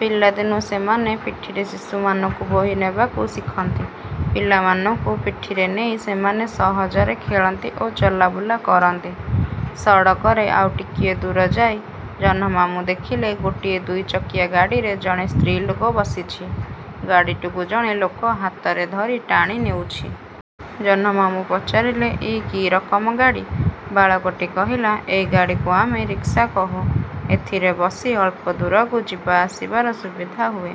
ପିଲାଦିନୁ ସେମାନେ ପିଠିରେ ଶିଶୁମାନଙ୍କୁ ବୋହି ନେବାକୁ ଶିଖନ୍ତି। ପିଲାମାନଙ୍କୁ ପିଠିରେ ନେଇ ସେମାନେ ସହଜରେ ଖେଳନ୍ତି ଓ ଚଲାବୁଲା କରନ୍ତି। ସଡ଼କରେ ଆଉ ଟିକିଏ ଦୂର ଯାଇ ଜହ୍ନମାମୁଁ ଦେଖିଲେ ଗୋଟିଏ ଦୁଇଚକିଆ ଗାଡ଼ିରେ ଜଣେ ସ୍ତ୍ରୀଲୋକ ବସିଛି। ଗାଡ଼ିଟିକୁ ଜଣେ ଲୋକ ହାତରେ ଧରି ଟାଣି ନେଉଛି। ଜହ୍ନମାମୁଁ ପଚାରିଲେ-ଏ କି ରକମ ଗାଡ଼ି? ବାଳକଟି କହିଲା-ଏ ଗାଡ଼ିକୁ ଆମେ ରିକ୍ସା କହୁ। ଏଥିରେ ବସି ଅଳ୍ପ ଦୂରକୁ ଯିବା ଆସିବାର ସୁବିଧା ହୁଏ।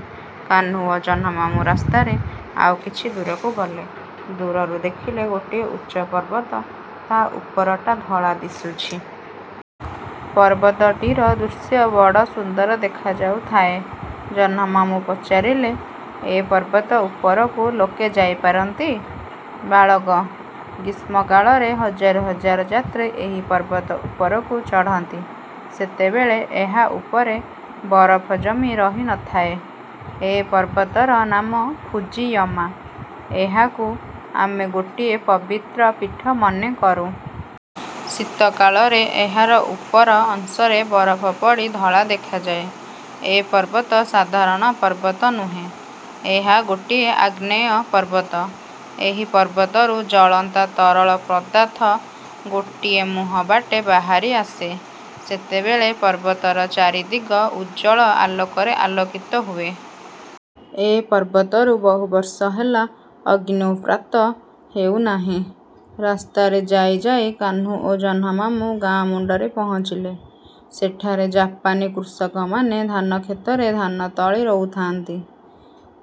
କାହ୍ନୁ ଓ ଜହ୍ନମାମୁଁ ରାସ୍ତାରେ ଆଉ କିଛି ଦୂର ଗଲେ। ଦୂରରୁ ଦେଖିଲେ ଗୋଟିଏ ଉଚ୍ଚ ପର୍ବତ। ତା ଉପରଟା ଧଳା ଦିଶୁଛି। ପର୍ବତଟିର ଦୃଶ୍ୟ ବଡ଼ ସୁନ୍ଦର ଦେଖାଯାଉଥାଏ। ଜହ୍ନମାମୁଁ ପଚାରିଲେ-ଏ ପର୍ବତ ଉପରକୁ ଲୋକେ ଯାଇପାରନ୍ତି? ବାଳକ-ଗ୍ରୀଷ୍ମକାଳରେ ହଜାର ହଜାର ଯାତ୍ରୀ ଏହି ପର୍ବତ ଉପରକୁ ଚଢ଼ନ୍ତି। ସେତେବେଳେ ଏହା ଉପରେ ବରଫ ଜମି ରହି ନଥାଏ। ଏ ପର୍ବତର ନାମ ଫୁଜିୟାମା। ଏହାକୁ ଆମେ ଗୋଟିଏ ପବିତ୍ର ପୀଠ ମନେକରୁଁ। ଶୀତକାଳରେ ଏହାର ଉପର ଅଂଶରେ ବରଫ ପଡ଼ି ଧଳା ଦେଖାଯାଏ। ଏ ପର୍ବତ ସାଧାରଣ ପର୍ବତ ନୁହେଁ। ଏହା ଗୋଟିଏ ଆଗ୍ନେୟ ପର୍ବତ, ଏହି ପର୍ବତରୁ ଜଳନ୍ତା ତରଳ ପଦାର୍ଥ ଗୋଟିଏ ମୁହଁ ବାଟେ ବାହାରି ଆସେ। ସେତେବେଳେ ପର୍ବତର ଚାରିଦିଗ ଉଜ୍ଜ୍ୱଳ ଆଲୋକରେ ଆଲୋକିତ ହୁଏ। ଏ ପର୍ବତରୁ ବହୁବର୍ଷ ହେଲା ଅଗ୍ନ୍ୟୁତ୍ପାତ ହେଉନାହିଁ। ରାସ୍ତାରେ ଯାଇ ଯାଇ କାହ୍ନୁ ଓ ଜହ୍ନମାମୁଁ ଗାଁ ମୁଣ୍ଡରେ ପହଞ୍ଚିଲେ। ସେଠାରେ ଜାପାନୀ କୃଷକମାନେ ଧାନଖେତରେ ଧାନ ତଳି ରୋଉଥାନ୍ତି।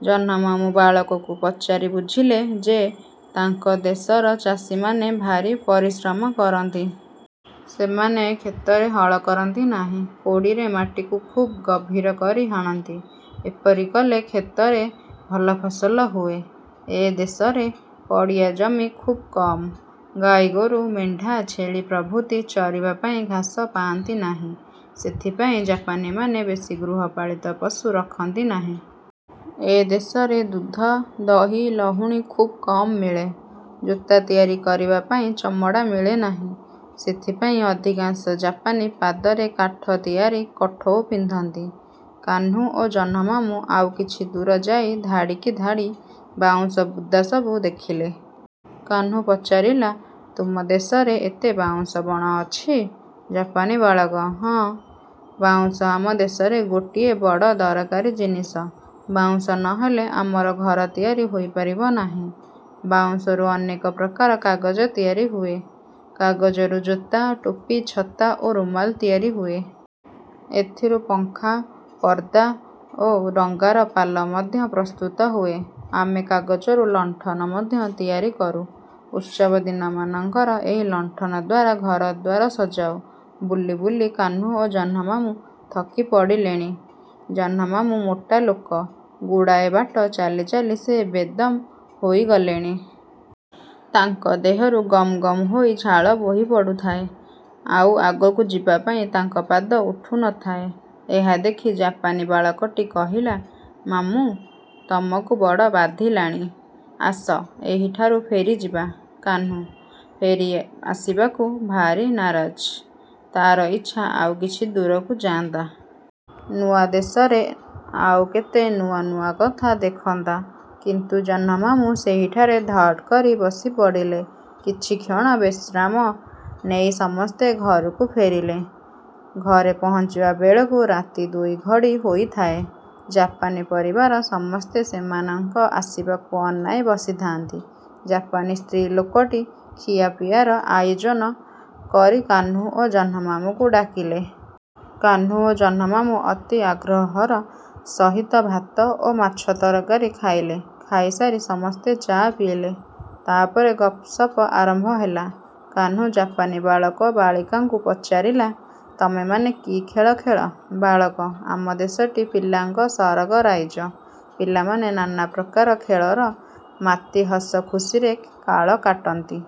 ଜହ୍ନମାମୁଁ ବାଳକକୁ ପଚାରି ବୁଝିଲେ ଯେ, ତାଙ୍କ ଦେଶର ଚାଷୀମାନେ ଭାରି ପରିଶ୍ରମ କରନ୍ତି। ସେମାନେ କ୍ଷେତରେ ହଳ କରନ୍ତି ନାହିଁ, କୋଡ଼ିରେ ମାଟିକୁ ଖୁବ୍ ଗହୀର କରି ହାଣନ୍ତି। ଏପରି କଲେ କ୍ଷେତରେ ଭଲ ଫସଲ ହୁଏ। ଏ ଦେଶରେ ପଡ଼ିଆ ଜମି ଖୁବ୍ କମ୍। ଗାଈଗୋରୁ, ମେଣ୍ଢା, ଛେଳି ପ୍ରଭୃତି ଚରିବା ପାଇଁ ଘାସ ପାଆନ୍ତି ନାହିଁ। ସେଥିପାଇଁ ଜାପାନୀମାନେ ବେଶୀ ଗୃହପାଳିତ ପଶୁ ରଖନ୍ତି ନାହିଁ। ଏ। ଦେଶରେ ଦୁଧ, ଦହି, ଲହୁଣୀ ଖୁବ୍ କମ୍ ମିଳେ। ଜୋତା ତିଆରି କରିବା ପାଇଁ ଚମଡ଼ା ମିଳେ ନାହିଁ-। ସେଥିପାଇଁ ଅଧିକାଂଶ ଜାପାନୀ ପାଦରେ କାଠ ତିଆରି କଠଉ ପିନ୍ଧନ୍ତି। କାହ୍ନୁ ଓ ଜହ୍ନମାମୁଁ ଆଉ କିଛି ଦୂର ଯାଇ ଧାଡ଼ିକି ଧାଡ଼ି ବାଉଁଶ ବୁଦାସବୁ ଦେଖିଲେ। କାହ୍ନୁ ପଚାରିଲା-ତୁମ ଦେଶରେ ଏତେ ବାଉଁଶ ବଣ ଅଛି? ଜାପାନୀ ବାଳକ-ହଁ, ବାଉଁଶ ଆମ ଦେଶରେ ଗୋଟାଏ ବଡ଼ ଦରକାରୀ ଜିନିଷ। ବାଉଁଶ ନ ହେଲେ ଆମର ଘର ତିଆରି ହୋଇପାରିବ ନାହିଁ। ବାଉଁଶରୁ ଅନେକ ପ୍ରକାର କାଗଜ ତିଆରି ହୁଏ। କାଗଜରୁ ଜୋତା, ଟୋପି, ଛତା ଓ ରୁମାଲ ତିଆରି ହୁଏ। ଏଥିରୁ ପଙ୍ଖା, ପର୍ଦ୍ଦା ଓ ଡଙ୍ଗାର ପାଲ ମଧ୍ୟ ପ୍ରସ୍ତୁତ ହୁଏ। ଆମେ କାଗଜରୁ ଲଣ୍ଠନ ମଧ୍ୟ ତିଆରି କରୁ ଉତ୍ସବ ଦିନମାନଙ୍କର ଏହି ଲଣ୍ଠନଦ୍ଵାରା ଘରଦ୍ଵାର ସଜାଉ। ବୁଲି ବୁଲି କାହ୍ନୁ ଓ ଜହ୍ନମାମୁଁ ଥକି ପଡ଼ିଲେଣି। ଜହ୍ନମାମୁଁ ମୋଟା ଲୋକ। ଗୁଡ଼ାଏ ବାଟ ଚାଲି ଚାଲି ସେ ବେଦମ୍ ହୋଇଗଲେଣି। ତାଙ୍କ ଦେହରୁ ଗମ୍ ଗମ୍ ହୋଇ ଝାଳ ବୋହିପଡ଼ୁଥାଏ। ଆଉ ଆଗକୁ ଯିବାପାଇଁ ତାଙ୍କ ପାଦ ଉଠୁ ନ ଥାଏ। ଏହା ଦେଖି ଜାପାନୀ ବାଳକଟି କହିଲା-ମାମୁଁ! ତମକୁ ବଡ଼ ବାଧିଲାଣି। ଆସ, ଏହିଠାରୁ ଫେରିଯିବା। କାହ୍ନୁ ଫେରି ଆସିବାକୁ ଭାରି ନାରାଜ। ତା'ର ଇଚ୍ଛା ଆଉ କିଛି ଦୂରକୁ ଯାଆନ୍ତା। ନୂଆ ଦେଶରେ ଆଉ କେତେ ନୂଆ ନୂଆ କଥା ଦେଖନ୍ତା। କିନ୍ତୁ ଜହ୍ନମାମୁଁ ସେହିଠାରେ ଧଡ଼୍କରି ବସିପଡ଼ିଲେ। କିଛିକ୍ଷଣ ବିଶ୍ରାମ ନେଇ ସମସ୍ତେ ଘରକୁ ଫେରିଲେ। ଘରେ ପହଞ୍ଚିବା ବେଳକୁ ରାତି ଦୁଇଘଡ଼ିହୋଇଥାଏ। ଜାପାନୀ ପରିବାର ସମସ୍ତେ ସେମାନଙ୍କ ଆସିବାକୁ ଅନାଇ ବସିଥାନ୍ତି। ଜାପାନୀ ସ୍ତ୍ରୀଲୋକଟି ଖିଆପିଆର ଆୟୋଜନ କରି କାହ୍ନୁ ଓ ଜହ୍ନମାମୁଁଙ୍କୁ ଡାକିଲେ। କାହ୍ନୁ ଓ ଜହ୍ନମାମୁଁ ଅତି ଆଗ୍ରହର ସହିତ ଭାତ ଓ ମାଛ ତରକାରୀ ଖାଇଲେ। ଖାଇସାରି ସମସ୍ତେ ଚା ପିଇଲେ। ତା' ପରେ ଗପସପ ଆରମ୍ଭ ହେଲା। କାହ୍ନୁ ଜାପାନୀ ବାଳକ ବଳିକାଙ୍କୁ ପଚାରିଲା-ତମେମାନେ କି ଖେଳ ଖେଳ? ବାଳକ-ଆମ ଦେଶଟି ପିଲାଙ୍କ ସରଗ ରାଇଜ। ପିଲାମାନେ ନାନାପ୍ରକାର ଖେଳର ମାତି ହସଖୁସିରେ କାଳ କାଟନ୍ତି।